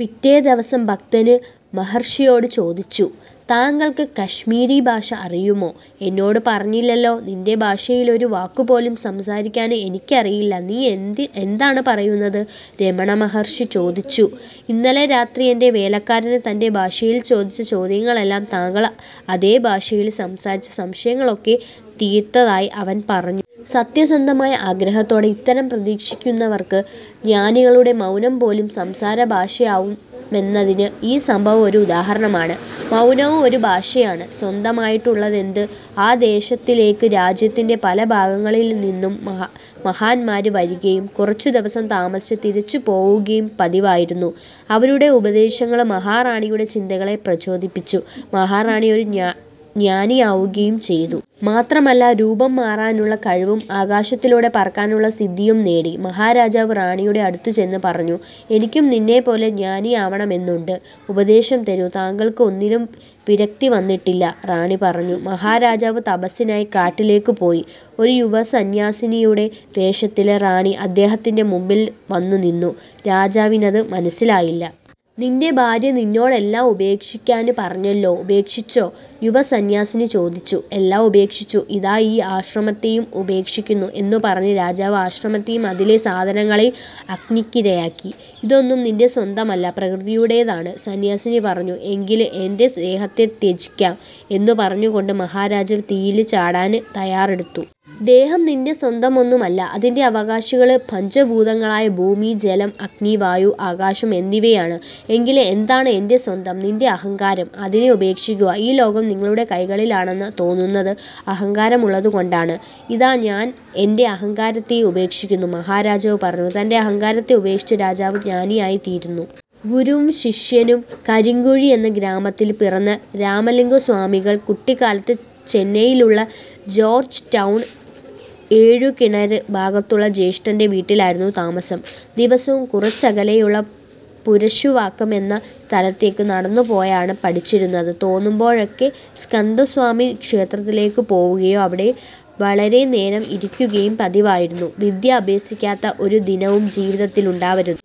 പിറ്റേദിവസം ഭക്തന് മഹര്ഷിയോട് ചോദിച്ചു:''താങ്കള്ക്ക് കശ്മീരിഭാഷ അറിയുമോ. എന്നോട് പറഞ്ഞില്ലല്ലോ. '' ''നിന്റെ ഭാഷയില് ഒരു വാക്കുപോലും സംസാരിക്കാന് എനിക്കറിയില്ല. നീ എന്താണ് പറയുന്നത്. '' രമണമഹര്ഷി ചോദിച്ചു. ''ഇന്നലെ രാത്രി എന്റെ വേലക്കാരന് തന്റെ ഭാഷയില് ചോദിച്ച ചോദ്യങ്ങള്ക്കെല്ലാം താങ്കള് അതേഭാഷയില് സംസാരിച്ച് സംശയങ്ങളൊക്കെ തീര്ത്തതായി അവന് പറഞ്ഞു. '' സത്യസന്ധമായ ആഗ്രഹത്തോടെ ഉത്തരം പ്രതീക്ഷിക്കുന്നവര്ക്ക് ജ്ഞാനികളുടെ മൗനംപോലും സംസാരഭാഷയാവുമെന്നതിന് ഈ സംഭവം ഒരു ഉദാഹരണമാണ്. മൗനവും ഒരു ഭാഷയാണ്. സ്വന്തമായിട്ടുള്ളതെന്ത്. ആ ദേശത്തിലേക്ക് രാജ്യത്തിന്റെ പല ഭാഗങ്ങളില്നിന്നും മഹാന്മാര് വരികയും കുറച്ചുദിവസം താമസിച്ച് തിരിച്ചുപോവുകയും പതിവായിരുന്നു. അവരുടെ ഉപദേശങ്ങള് മഹാറാണിയുടെ ചിന്തകളെ പ്രചോദിപ്പിച്ചു. മഹാറാണി ഒരു ജ്ഞാനിയാവുകയും ചെയ്തു. മാത്രമല്ല, രൂപം മാറാനുള്ള കഴിവും ആകാശത്തിലൂടെ പറക്കാനുള്ള സിദ്ധിയും നേടി. മഹാരാജാവ് റാണിയുടെ അടുത്തുചെന്ന് പറഞ്ഞു:''എനിക്കും നിന്നെപ്പോലെ ജ്ഞാനിയാവണമെന്നുണ്ട്. ഉപദേശം തരൂ. '' ''താങ്കള്ക്ക് ഒന്നിലും വിരക്തിവന്നിട്ടില്ല,'' റാണി പറഞ്ഞു. മഹാരാജാവ് തപസ്സിനായി കാട്ടിലേക്കുപോയി. ഒരു യുവസന്ന്യാസിനിയുടെ വേഷത്തില് റാണി അദ്ദേഹത്തിന്റെ മുമ്പില് വന്നുനിന്നു. രാജാവിനത് മനസ്സിലായില്ല. ''നിന്റെ ഭാര്യ നിന്നോട് എല്ലാം ഉപേക്ഷിക്കാന് പറഞ്ഞല്ലോ, ഉപേക്ഷിച്ചോ. '' യുവസന്ന്യാസിനി ചോദിച്ചു. 'എല്ലാം ഉപേക്ഷിച്ചു. ഇതാ ഈ ആശ്രമത്തെയും ഉപേക്ഷിക്കുന്നു' എന്നുപറഞ്ഞ് രാജാവ് ആശ്രമത്തെയും അതിലെ സാധനങ്ങളെയും അഗ്നിക്കിരയാക്കി. ''ഇതൊന്നും നിന്റെ സ്വന്തമല്ല. പ്രകൃതിയുടേതാണ്,'' സന്ന്യാസിനി പറഞ്ഞു. 'എങ്കില് എന്റെ ദേഹത്തെ ത്യജിക്കാം' എന്നുപറഞ്ഞുകൊണ്ട് മഹാരാജാവ് തീയില് ചാടാന് തയ്യാറെടുത്തു. ''ദേഹം നിന്റെ സ്വന്തമൊന്നുമല്ല. അതിന്റെ അവകാശികള് പഞ്ചഭൂതങ്ങളായ ഭൂമി, ജലം, അഗ്നി, വായു, ആകാശം എന്നിവയാണ്. '' ''എങ്കില് എന്താണ് എന്റെ സ്വന്തം. '' ''നിന്റെ അഹങ്കാരം. അതിനെ ഉപേക്ഷിക്കുക. ഈ ലോകം നിങ്ങളുടെ കൈകളിലാണെന്ന് തോന്നുന്നത് അഹങ്കാരമുള്ളതുകൊണ്ടാണ്. '' ''ഇതാ, ഞാന് എന്റെ അഹങ്കാരത്തെയും ഉപേക്ഷിക്കുന്നു,'' മഹാരാജാവ് പറഞ്ഞു. തന്റെ അഹങ്കാരത്തെ ഉപേക്ഷിച്ച് രാജാവ് ജ്ഞാനിയായിത്തീര്ന്നു. ഗുരുവും ശിഷ്യനും കരിങ്കുഴി എന്ന ഗ്രാമത്തില് പിറന്ന രാമലിംഗസ്വാമികള് കുട്ടിക്കാലത്ത് ചെന്നൈയിലുള്ള ജോര്ജ് ടൗണ് ഏഴുകിണര് ഭാഗത്തുള്ള ജ്യേഷ്ഠന്റെ വീട്ടിലായിരുന്നു താമസം. ദിവസവും കുറച്ചകലെയുള്ള പുരശുവാക്കം എന്ന സ്ഥലത്തേക്ക് നടന്നുപോയാണ് പഠിച്ചിരുന്നത്. തോന്നുമ്പോഴൊക്കെ സ്കന്ദസ്വാമി ക്ഷേത്രത്തിലേക്കുപോവുകയും അവിടെ വളരെനേരം ഇരിക്കുകയും പതിവായിരുന്നു. 'വിദ്യ അഭ്യസിക്കാത്ത ഒരു ദിനവും ജീവിതത്തില് ഉണ്ടാവരുത്.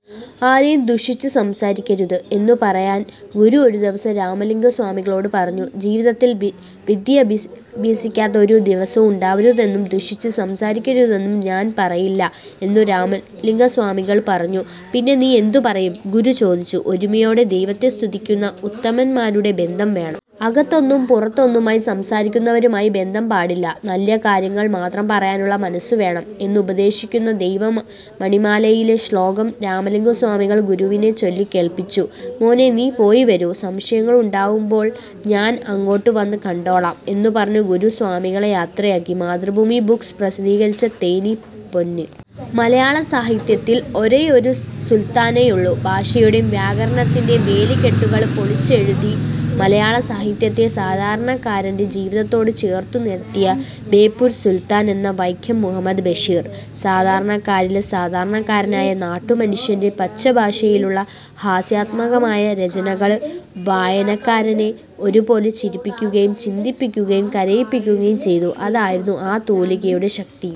ആരെയും ദുഷിച്ച് സംസാരിക്കരുത്' എന്നുപറയാന് ഗുരു ഒരു ദിവസം രാമലിംഗസ്വാമികളോട് പറഞ്ഞു. 'ജീവിതത്തില് വിദ്യയഭ്യസിക്കാത്ത ഒരു ദിവസവും ഉണ്ടാവരുതെന്നും ദുഷിച്ച് സംസാരിക്കരുതെന്നും ഞാന് പറയില്ല' എന്നു രാമലിംഗസ്വാമികള് പറഞ്ഞു. ''പിന്നെ നീ എന്തുപറയും. '' ഗുരു ചോദിച്ചു. ''ഒരുമയോടെ ദൈവത്തെ സ്തുതിക്കുന്ന ഉത്തമന്മാരുടെ ബന്ധം വേണം. അകത്തൊന്നും പുറത്തൊന്നുമായി സംസാരിക്കുന്നവരുമായി ബന്ധം പാടില്ല. നല്ല കാര്യങ്ങള്മാത്രം പറയാനുള്ള മനസ്സുവേണം'' എന്ന് ഉപദേശിക്കുന്ന ദൈവമണിമാലയിലെ ശ്ലോകം രാമലിംഗസ്വാമികള് ഗുരുവിനെ ചൊല്ലിക്കേള്പ്പിച്ചു. 'മോനേ നീ പോയി വരൂ. സംശയങ്ങളുണ്ടാവുമ്പോള് ഞാന് അങ്ങോട്ടുവന്ന് കണ്ടോളാം' എന്നുപറഞ്ഞ് ഗുരു സ്വാമികളെ യാത്രയാക്കി. മാതൃഭൂമി ബുക്സ് പ്രസിദ്ധീകരിച്ച തേനി പൊന്. മലയാള സാഹിത്യത്തില് ഒരേയൊരു സുല്ത്താനേയുള്ളൂ. ഭാഷയുടെയും വ്യാകരണത്തിന്റെയും വേലിക്കെട്ടുകള് പൊളിച്ചെഴുതി, മലയാള സാഹിത്യത്തെ സാധാരണക്കാരന്റെ ജീവിതത്തോട് ചേര്ത്തു നിര്ത്തിയ ബേപ്പൂര് സുല്ത്താന് എന്ന വൈക്കം മുഹമ്മദ് ബഷീര്. സാധാരണക്കാരില് സാധാരണക്കാരനായ നാട്ടുമനുഷ്യന്റെ പച്ചഭാഷയിലുള്ള ഹാസ്യാത്മകമായ രചനകള് വായനക്കാരനെ ഒരുപോലെ ചിരിപ്പിക്കുകയും, ചിന്തിപ്പിക്കുകയും, കരയിപ്പിക്കുകയും ചെയ്തു. അതായിരുന്നു ആ തൂലികയുടെ ശക്തിയും.